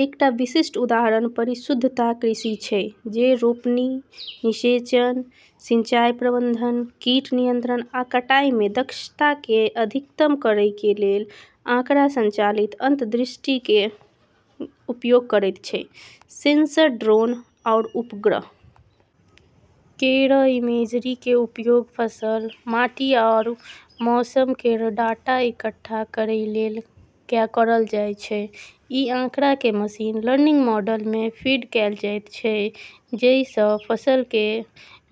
एकटा विशिष्ट उदाहरण परिशुद्धता कृषि छै जे रोपनी, निषेचन, सिंचाई प्रबंधन, कीट नियंत्रण आ कटाई कें दक्षता कें अधिकतम करय कें लेल आंकड़ा संचालित अंतर्दृष्टि कें उपयोग करयत छै, सेंसर, ड्रोन आरू उपग्रह केरऽ इमेजरी के उपयोग फसल, माटी आरू मौसम केरऽ डाटा इकट्ठा करै लेली करलऽ जाय छै, इ आंकड़ा कें मशीन लर्निंग मॉडल मे फीड कैल जायत छै, जइ सं फसल कें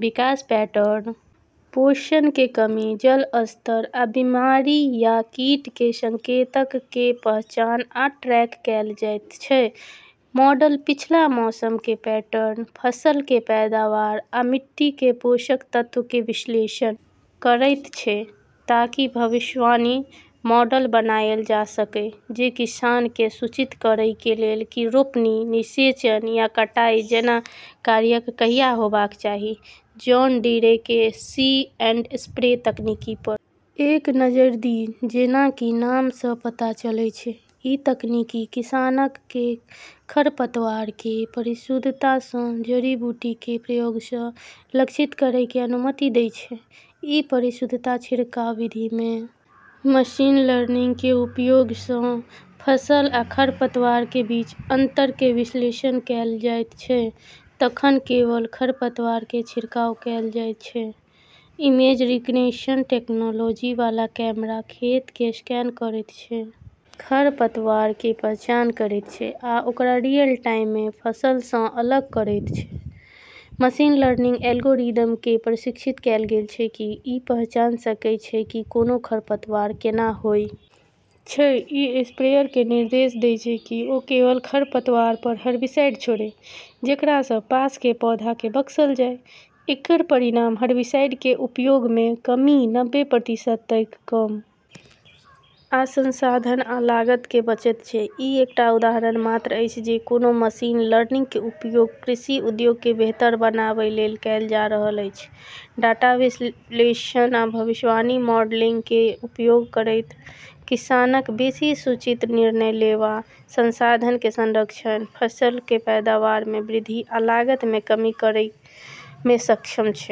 विकास पैटर्न, पोषण कें कमी, जल स्तर, आ बीमारी या कीट कें संकेतक कें पहचान आ ट्रैक कैल जायत छै, मॉडल पिछला मौसम कें पैटर्न, फसल कें पैदावार आ मिट्टी कें पोषक तत्वक कें विश्लेषण करयत छै ताकि भविष्यवाणी मॉडल बनायल जा सकय जे किसानक कें सूचित करय कें लेल की रोपनी, निषेचन या कटाई जैना कार्यक कहिया होबाक चाही, जॉन डीरे के सी एंड स्प्रे तकनीक पर एक नजरि दी जेना कि नाम सं पता चलय छै, इ तकनीक किसानक कें खरपतवार कें परिशुद्धता सं जड़ी-बूटी कें प्रयोग सं लक्षित करय कें अनुमति देयत छै, इ परिशुद्धता छिड़काव विधि मे मशीन लर्निंग कें उपयोग सं फसल आ खरपतवार कें बीच अंतर कें विश्लेषण कैल जायत छै तखन केवल खरपतवार कें छिड़काव कैल जायत छै, इमेज-रिकग्निशन टेक्नोलॉजी वाला कैमरा खेत कें स्कैन करयत छै, खरपतवारक कें पहचान करयत छै आ ओकरा रियल टाइम मे फसल सं अलग करयत छै, मशीन लर्निंग एल्गोरिदम कें प्रशिक्षित कैल गेल छै की इ पहचान सकय छै की कोनों खरपतवार कैना होय छै, इ स्प्रेयर कें निर्देश दै छै कि ओ केवल खरपतवार पर हरबिसाइड छोड़य, जेकरा सं पास कें पौधाक कें बख्शल जाय, एकर परिणाम हरबिसाइड कें उपयोग मे कमी नब्बे प्रतिशत तइक कम आ संसाधन आ लागत कें बचत छै, ई एकटा उदाहरण मात्र अछि जे कोना मशीन लर्निंग के उपयोग कृषि उद्योग के बेहतर बनाबय लेल कएल जा रहल अछि, डाटा विश्लेषण आ भविष्यवाणी मॉडलिंग कें उपयोग करयत किसानक बेसि सूचित निर्णय लेवा, संसाधनक कें संरक्षण, फसल कें पैदावार मे वृद्धि आ लागत मे कमी करय मे सक्षम छै।